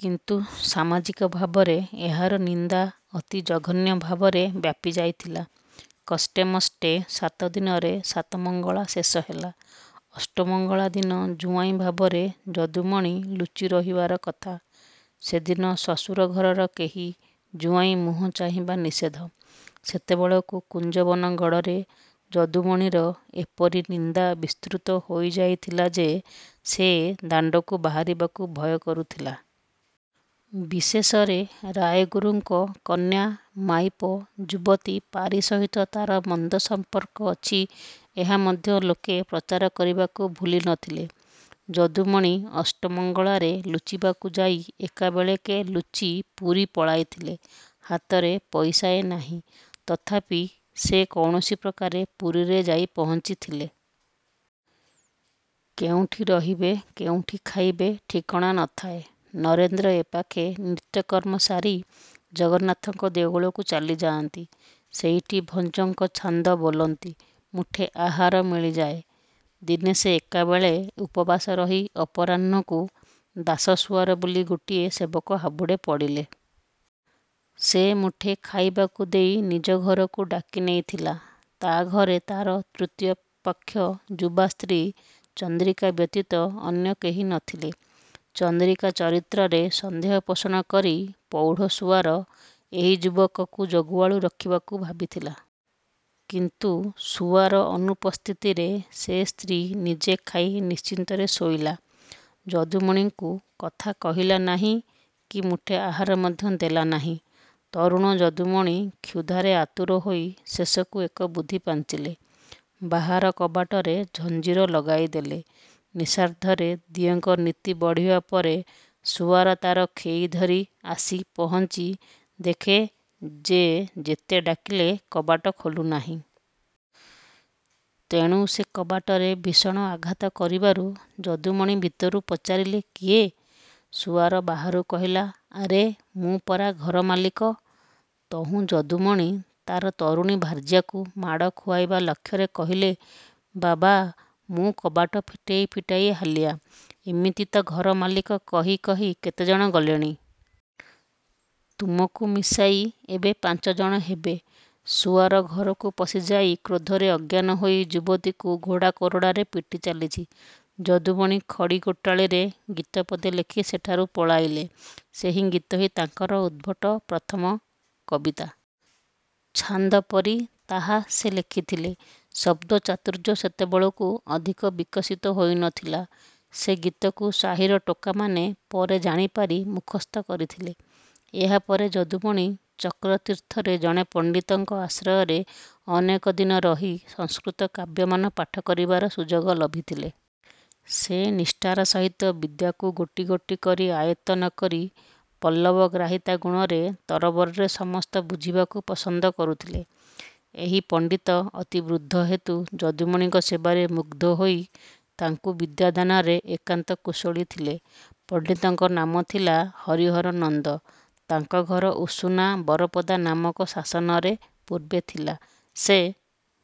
କିନ୍ତୁ ସମାଜିକ ଭାବରେ ଏହାର ନିନ୍ଦା ଅତି ଜଘନ୍ୟ ଭାବରେ ବ୍ୟାପି ଯାଇଥିଲା। କଷ୍ଟୋମଷ୍ଟେ ସାତଦିନରେ ସାତମଙ୍ଗଳା ଶେଷ ହେଲା। ଅଷ୍ଟମଙ୍ଗଳା ଦିନ ଜୁଆଇଁ ଭାବରେ ଯଦୁମଣି ଲୁଚି ରହିବାର କଥା। ସେଦିନ ଶ୍ୱଶୁର ଘରର କେହି ଜୁଆଇଁ ମୁହ ଚାହିଁବା ନିଷେଧ। ସେତେବେଳକୁ କୁଞ୍ଜବନ ଗଡ଼ରେ ଯଦୁମଣିର ଏପରି ନିନ୍ଦା ବିସ୍ତୃତ ହୋଇ ଯାଇଥିଲା ଯେ ସେ ଦାଣ୍ଡକୁ ବାହାରିବାକୁ ଭୟ କରୁଥିଲା। ବିଶେଷରେ ରାୟଗୁରୁଙ୍କ କନ୍ୟା-ମାଇପ ଯୁବତୀ ପାରି ସହିତ ତା'ର ମନ୍ଦ ସଂପର୍କ ଅଛି, ଏହା ମଧ୍ୟ ଲୋକେ ପ୍ରଚାର କରିବାକୁ ଭୁଲି ନ ଥିଲେ। ଯଦୁମଣି ଅଷ୍ଟମଙ୍ଗଳାରେ ଲୁଚିବାକୁ ଯାଇ ଏକାବେଳେକେ ଲୁଚି ପୁରୀ ପଳାଇଥିଲେ। ହାତରେ ପଇସାଏ ନାହିଁ। ତଥାପି ସେ କୌଣସି ପ୍ରକାରେ ପୁରୀରେ ଯାଇ ପହଞ୍ଚିଥିଲେ-। କେଉଁଠି ରହିବେ, କେଉଁଠି ଖାଇବେ, ଠିକଣା ନ ଥାଏ। ନରେନ୍ଦ୍ର ଏ ପାଖେ ନିତ୍ୟକର୍ମ ସାରି ଜଗନ୍ନାଥଙ୍କ ଦେଉଳକୁ ଚାଲିଯାଆନ୍ତି। ସେଇଠି ଭଞ୍ଜଙ୍କ ଛାନ୍ଦ ବୋଲନ୍ତି। ମୁଠେ ଆହାର ମିଳିଯାଏ-। ଦିନେ ସେ ଏକାବେଳେ ଉପବାସ ରହି ଅପରାହ୍ନକୁ ଦାସ ସୁଆର ବୋଲି ଗୋଟିଏ ସେବକ ହାବୁଡ଼େ ପଡ଼ିଲେ। ସେ ମୁଠେ ଖାଇବାକୁ ଦେଇ ନିଜ ଘରକୁ ଡାକି ନେଇଥିଲା-। ତା ଘରେ ତାର ତୃତୀୟ ପକ୍ଷ ଯୁବା ସ୍ତ୍ରୀ ଚନ୍ଦ୍ରିକା ବ୍ୟତୀତ ଅନ୍ୟ କେହି ନ ଥିଲେ। ଚନ୍ଦ୍ରିକା ଚରିତ୍ରରେ ସନ୍ଦେହ ପୋଷଣ କରି ପୌଢ଼ ସୁଆର ଏହି ଯୁବକକୁ ଜଗୁଆଳୀ ରଖିବାକୁ ଭାବିଥିଲା। କିନ୍ତୁ ସୁଆର ଅନୁପସ୍ଥିତିରେ ସେ ସ୍ତ୍ରୀ ନିଜେ ଖାଇ ନିଶ୍ଚିନ୍ତରେ ଶୋଇଲା। ଯଦୁମଣିଙ୍କୁ କଥା କହିଲା ନାହିଁକି ମୁଠେ ଆହାର ମଧ୍ୟ ଦେଲା ନାହିଁ। ତରୁଣ ଯଦୁମଣି କ୍ଷୁଧାରେ ଆତୁର ହୋଇ ଶେଷକୁ ଏକ ବୁଦ୍ଧି ପାଞ୍ଚିଲେ। ବାହାର କବାଟରେ ଝଞ୍ଜିର ଲଗାଇଦେଲେ। ନିଶାର୍ଦ୍ଧରେ ଦିଅଙ୍କ ନୀତି ବଢ଼ିବା ପରେ ସୁଆର ତାର ଖେଇଧରି ଆସି ପହଞ୍ଚି ଦେଖେ ଯେ ଯେତେ ଡାକିଲେ କବାଟ ଖୋଲୁ ନାହିଁ। ତେଣୁ ସେ କବାଟରେ ଭୀଷଣ ଆଘାତ କରିବାରୁ ଯଦୁମଣି ଭିତରୁ ପଚାରିଲେ-'କିଏ? ' ସୁଆର ବାହାରୁ କହିଲା-ଆରେ, ମୁଁ ପରା ଘର ମାଲିକ। ତହୁଁ ଯଦୁମଣି ତାର ତରୁଣୀ ଭାର୍ଯ୍ୟାକୁ ମାଡ଼ ଖୁଆଇବା ଲକ୍ଷ୍ୟରେ କହିଲେ-'ବାବା! ମୁଁ କବାଟ ଫିଟାଇ ଫିଟାଇ ହାଲିଆ। ଏମିତି ତ ଘର ମାଲିକ କହି କହି କେତେ ଜଣ ଗଲେଣି-। ତୁମକୁ ମିଶାଇ ଏବେ ପାଞ୍ଚ ଜଣ ହେବେ-। ' ସୁଆର ଘରକୁ ପଶିଯାଇ କ୍ରୋଧରେ ଅଜ୍ଞାନ ହୋଇ ଯୁବତୀକୁ ଘୋଡ଼ା କୋରଡ଼ାରେ ପିଟି ଚାଲିଛି। ଯଦୁମଣି ଖଡ଼ି ଗୋଟାଳିରେ ଗୀତ ପଦେ ଲେଖି ସେଠାରୁ ପଳାଇଲେ। ସେହି ଗୀତ ହିଁ ତାଙ୍କର ଉଦ୍ଭଟ ପ୍ରଥମ କବିତା। ଛାନ୍ଦପରି ତାହା ସେ ଲେଖିଥିଲେ। ଶବ୍ଦଚାତୁର୍ଯ୍ୟ ସେତେବେଳକୁ ଅଧିକ ବିକଶିତ ହୋଇ ନ ଥିଲା। ସେ ଗୀତକୁ ସାହିର ଟୋକାମାନେ ପରେ ଜାଣିପାରି ମୁଖସ୍ଥ କରିଥିଲେ। ଏହାପରେ ଯଦୁମଣି ଚକ୍ରତୀର୍ଥରେ ଜଣେ ପଣ୍ଡିତଙ୍କ ଆଶ୍ରୟରେ ଅନେକ ଦିନ ରହି ସଂସ୍କୃତ କାବ୍ୟମାନ ପାଠ କରିବାର ସୁଯୋଗ ଲଭିଥିଲେ। ସେ ନିଷ୍ଠାର ସହିତ ବିଦ୍ୟାକୁ ଗୋଟି ଗୋଟି କରି ଆୟତ୍ତ ନ କରି ପଲ୍ଲବଗ୍ରାହିତା ଗୁଣରେ ତରତରରେ ସମସ୍ତ ବୁଝିବାକୁ ପସନ୍ଦ କରୁଥିଲେ। ଏହି ପଣ୍ଡିତ ଅତି ବୃଦ୍ଧ ହେତୁ ଯଦୁମଣିଙ୍କ ସେବାରେ ମୁଗ୍ଧ ହୋଇ ତାଙ୍କୁ ବିଦ୍ୟାଦାନରେ ଏକାନ୍ତ କୁଶଳୀ ଥିଲେ। ପଣ୍ତିତଙ୍କ ନାମ ଥିଲା ହରିହର ନନ୍ଦ। ତାଙ୍କ ଘର ଉଷୁନା ବରପଦା ନାମକ ଶାସନରେ ପୁର୍ବେ ଥିଲା। ସେ